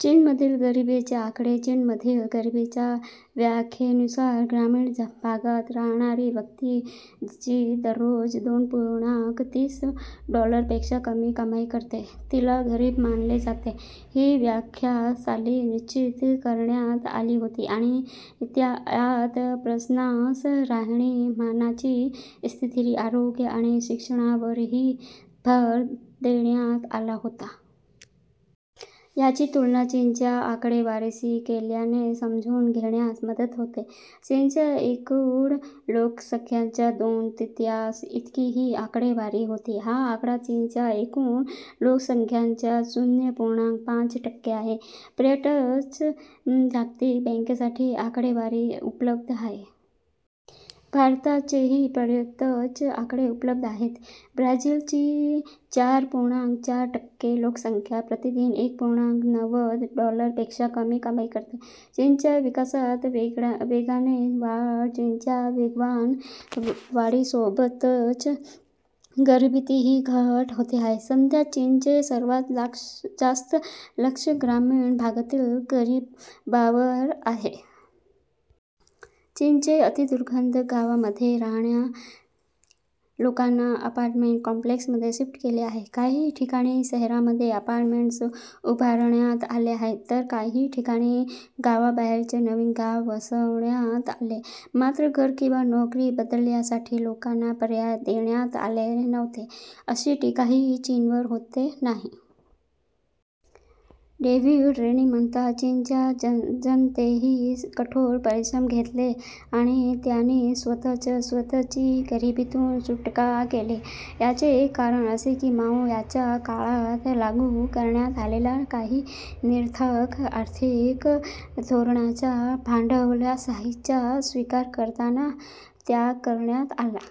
चीनमधील गरिबीचे आकडे - चीनमधील गरिबीच्या व्याख्येनुसार, ग्रामीण भागात राहणारी व्यक्ती जी दररोज दोन पूर्णांक तीस डॉलरपेक्षा कमी कमाई करते, तिला गरीब मानले जाते. ही व्याख्या साली निश्चित करण्यात आली होती आणि यात उत्पन्नासह राहणीमानाची स्थिती, आरोग्य आणि शिक्षणावरही भर देण्यात आला होता. याची तुलना चीनच्या आकडेवारीशी केल्याने समजून घेण्यास मदत होते. चीनच्या एकूण लोकसंख्येच्या दोन तृतीयांश इतकी ही आकडेवारी होती. हा आकडा चीनच्या एकूण लोकसंख्येच्या शून्य पूर्णांक पाच टक्के आहे. पर्यंतच जागतिक बँकेसाठी आकडेवारी उपलब्ध आहे. भारताचेही पर्यंतच आकडे उपलब्ध आहेत. ब्राझिलची चार पूर्णांक चार टक्के लोकसंख्या प्रतिदिन एक पूर्णांक नव्वद डॉलरपेक्षा कमी कमाई करते. चीनच्या विकासात वेगाने वाढ - चीनच्या वेगवान वाढीसोबतच गरिबीतही घट होते आहे. सध्या चीनचे सर्वात जास्त लक्ष ग्रामीण भागातील गरिबांवर आहे. चीनने अतिदुर्गध गावांमध्ये राहणा लोकांना अपार्टमेंट कॉम्प्लेक्समध्ये शिफ्ट केले आहे. काही ठिकाणी शहरांमध्ये हे अपार्टमेंट्स उभारण्यात आले आहेत. तर काही ठिकाणी गावाबाहेरच नवीन गाव वसवण्यात आले. मात्र, घर किंवा नोकरी बदलण्यासाठी लोकांना पर्याय देण्यात आले नव्हते, अशी टीकाही चीनवर होते आहे. डेव्हिड रेनी म्हणतात, "चीनच्या जनतेनेही कठोर परिश्रम घेतले आणि त्यांनी स्वतःच स्वतःची गरिबीतून सुटका केली. याचे एक कारण असे की माओ यांच्या काळात लागू करण्यात आलेल्या काही निरर्थक आर्थिक धोरणांचा भांडवलशाहीचा स्वीकार करताना त्याग करण्यात आला."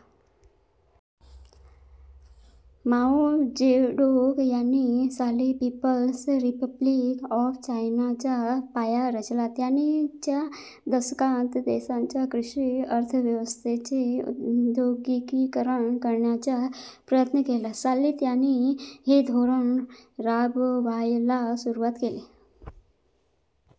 माओ जेडोंग यांनी साली पिपल्स रिपब्लिक ऑफ चायनाचा पाया रचला. त्यांनी च्या दशकात देशाच्या कृषी अर्थव्यवस्थेचे औद्योगिकीकरण करण्याचा प्रयत्न केला. साली त्यांनी '' हे धोरण राबवायला सुरुवात केली.